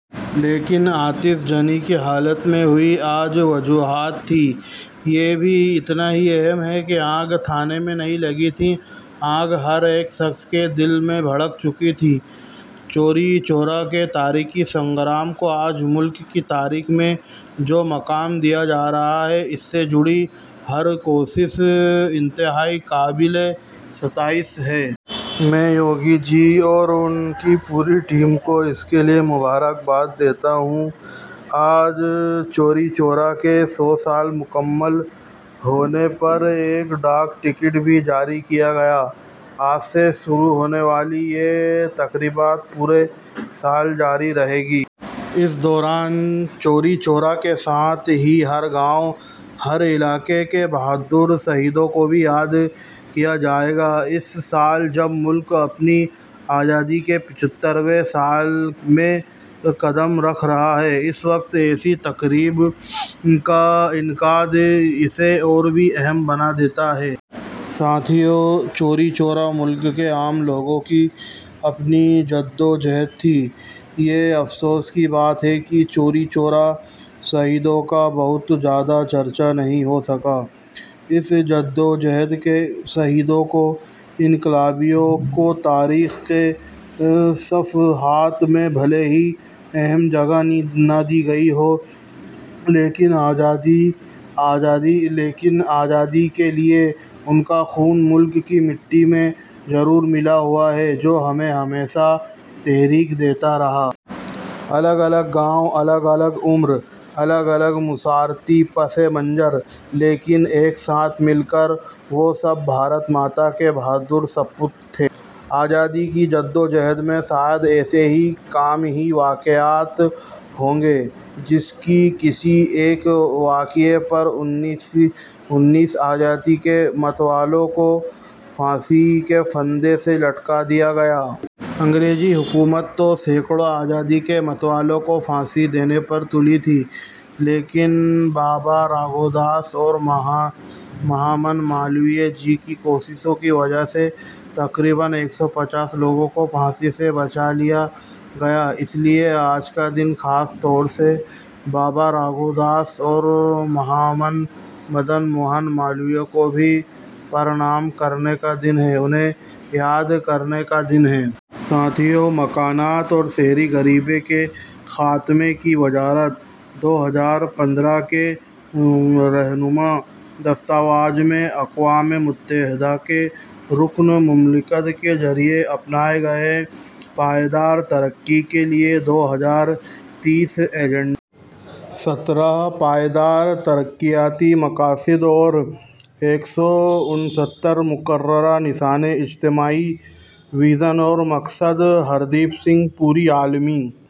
لیکن آتش زنی کی حالت میں ہوئی، کیا وجوہات تھیں، یہ بھی اتنا ہی اہم ہے۔ آگ تھانے میں نہیں لگی تھی، آگ ہر ایک شخص کے دل میں بھڑک چکی تھی۔ چوری چورا کے تاریخی سنگرام کو آج ملک کی تاریخ میں جو مقام دیا جا رہا ہے، اس سے جڑی ہر کوشش انتہائی قابلِ ستائش ہے۔ میں یوگی جی اور ان کی پوری ٹیم کو اس کے لیے مبارکباد دیتا ہوں۔ آج چوری چورا کے سو سال مکمل ہونے پر ایک ڈاک ٹکٹ بھی جاری کیا گیا ہے۔ آج سے شروع ہونے والی یہ تقریبات پورے سال جاری رہیں گی۔ اس دوران چوری چورا کے ساتھ ہی مہر گاؤں، ہر علاقے کے بہادر شہیدوں کو بھی یاد کیا جائے گا۔ اس سال جب ملک اپنی آزادی کے پچھتر ویں سال میں قدم رکھ رہا ہے، اس وقت ایسی تقریب کا انعقاد اسے اور بھی اہم بنا دیتا ہے۔ ساتھیو! چوری چورا ملک کے عام لوگوں کی خود اپنی جدوجہد تھی۔ یہ افسوس کی بات ہے کہ چوری چورا کے شہیدوں کا بہت زیادہ چرچا نہیں ہو سکا۔ اس جدوجہد کے شہیدوں کو، انقلابیوں کو تاریخ کے صفحات میں بھلے ہی اہم جگہ نہ دی گئی ہو، لیکن آزادی کے لیے ان کا خون ملک کی مٹی میں ضروری ملا ہوا ہے، جو ہمیں ہمیشہ تحریک دیتا رہتا ہے۔ الگ الگ گاؤں، الگ الگ عمر، الگ الگ معاشرتی پس منظر، لیکن ایک ساتھ مل کر وہ سب بھارت ماتا کے بہادر سپوت تھے۔ آزادی کی جدوجہد میں شاید ایسے کم ہی واقعات ہوں گے، جس میں کسی ایک واقعے پر انیس آزادی کے متوالوں کو پھانسی کے پھندے سے لٹکا دیا گیا۔ انگریزی حکومت تو سیکڑوں آزادی کے متوالوں کو پھانسی دینے پر تلی ہوئی تھی۔ لیکن بابا راگھوداس اور مہامنا مالویہ جی کی کوششوں کی وجہ سے تقریباً ایک سو پچاس لوگوں کو پھانسی سے بچا لیا گیا تھا، اس لیے آج کا دن خاص طور سے بابا راگھوداس اور مہامنا مدن موہن مالویہ کو بھی پرنام کرنے کا دن ہے، انہیں یاد کرنے کا دن ہے۔ ساتھیو! مکانات اور شہری غریبی کے خاتمے کی وزارت، دو ہزار پندرہ کے رہنما دستاویز میں اقوام متحدہ کے رکن ممالک کے ذریعہ اپنائے گئے پائیدار ترقی کے لیے دو ہزار تیس ایجنڈے، سترہ پائیدار ترقیاتی مقاصد اور ایک سو انہتر مقررہ نشانے، اجتماعی وژن اور مقصد: ہردیپ سنگھ پوری عالمی